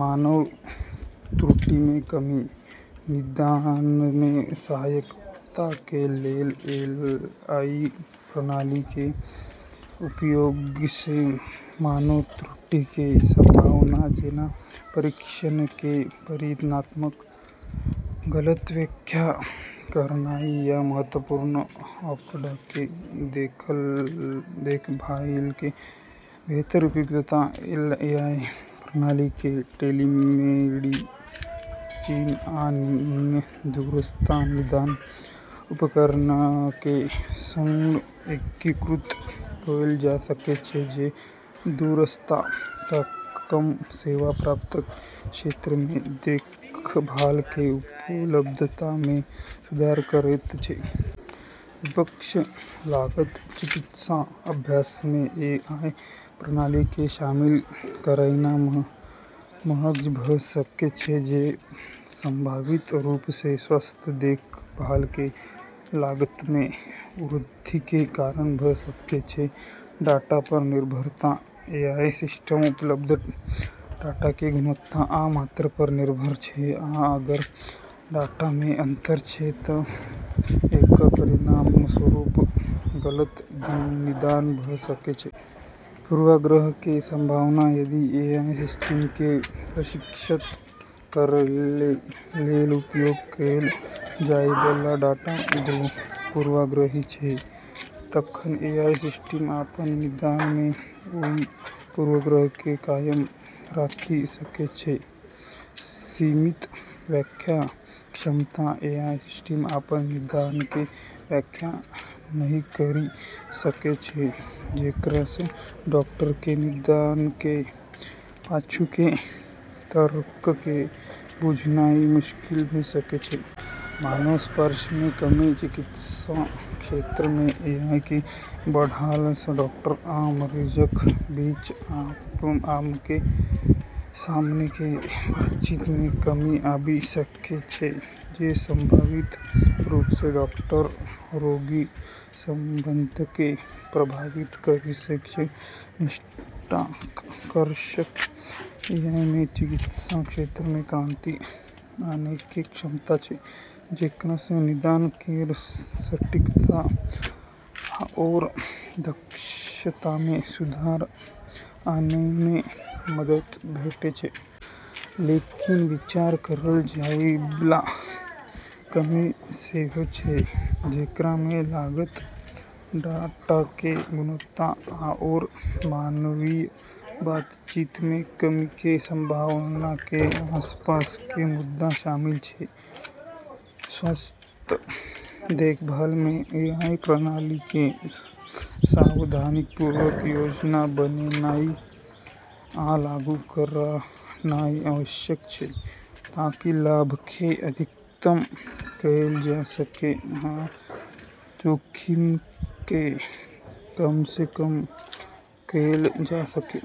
मानव त्रुटिमे कमी: निदानमे सहायताके लेल एआई प्रणालीके उपयोगसँ मानव त्रुटिके संभावना, जेना परीक्षणके परिणामक गलत व्याख्या करनाइ या महत्वपूर्ण आँकड़ाके अनदेखी करनाइ, कम कैल जा सकै छै। देखभालके बेहतर उपलब्धता: एआई प्रणालीके टेलीमेडिसिन आ अन्य दूरस्थ निदान उपकरणके सङ्ग एकीकृत कैल जा सकै छै, जे दूरस्थ या कम सेवा प्राप्त क्षेत्रमे देखभालके उपलब्धतामे सुधार करैत छै। विपक्ष: लागत: चिकित्सा अभ्यासमे एआई प्रणालीके शामिल करनाइ महग भ' सकै छै, जे संभावित रूपसँ स्वास्थ्य देखभालके लागतमे वृद्धिके कारण भ' सकै छै। डाटा पर निर्भरता: एआई सिस्टम उपलब्ध डाटाके गुणवत्ता आ मात्रा पर निर्भर छै, आ अगर डाटामे अंतर छै त' एकर परिणामस्वरूप गलत निदान भ' सकै छै। पूर्वाग्रहके संभावना: यदि एआई सिस्टमके प्रशिक्षित करैके लेल उपयोग कैल जाइबला डाटा पूर्वाग्रही छै, तखन एआई सिस्टम अपन निदानमे ओइ पूर्वाग्रहके कायम राखि सकै छै। सीमित व्याख्या क्षमता: एआई सिस्टम अपन निदानके व्याख्या नहि करि सकै छै, जेकरासँ डॉक्टरके निदानके पाछूके तर्कके बुझनाइ मुश्किल भ' सकै छै। मानव स्पर्शमे कमी: चिकित्सा क्षेत्रमे एआईके बढ़लासँ डॉक्टर आ मरीजक बीच आमने-सामनेके बातचीत मे कमी आबि सकै छै, जे संभावित रूपसँ डॉक्टर-रोगी संबंधके प्रभावित करि सकै छै। निष्कर्षतः, एआईमे चिकित्सा क्षेत्रमे क्रांति आनैके क्षमता छै, जेकरासँ निदान केर सटीकता आओर दक्षतामे सुधार आनैमे मदद भेटै छै। लेकिन विचार करल जाइबला कमी सेहो छै, जेकरामे लागत, डाटाके गुणवत्ता, आओर मानवीय बातचीतमे कमीके संभावनाके आसपासके मुद्दा शामिल छै। स्वास्थ्य देखभालमे एआई प्रणालीके सावधानीपूर्वक योजना बनेनाइ आ लागू करनाइ आवश्यक छै, ताकि लाभके अधिकतम कैल जा सकै आ जोखिमके कमसँ कम कैल जा सकै।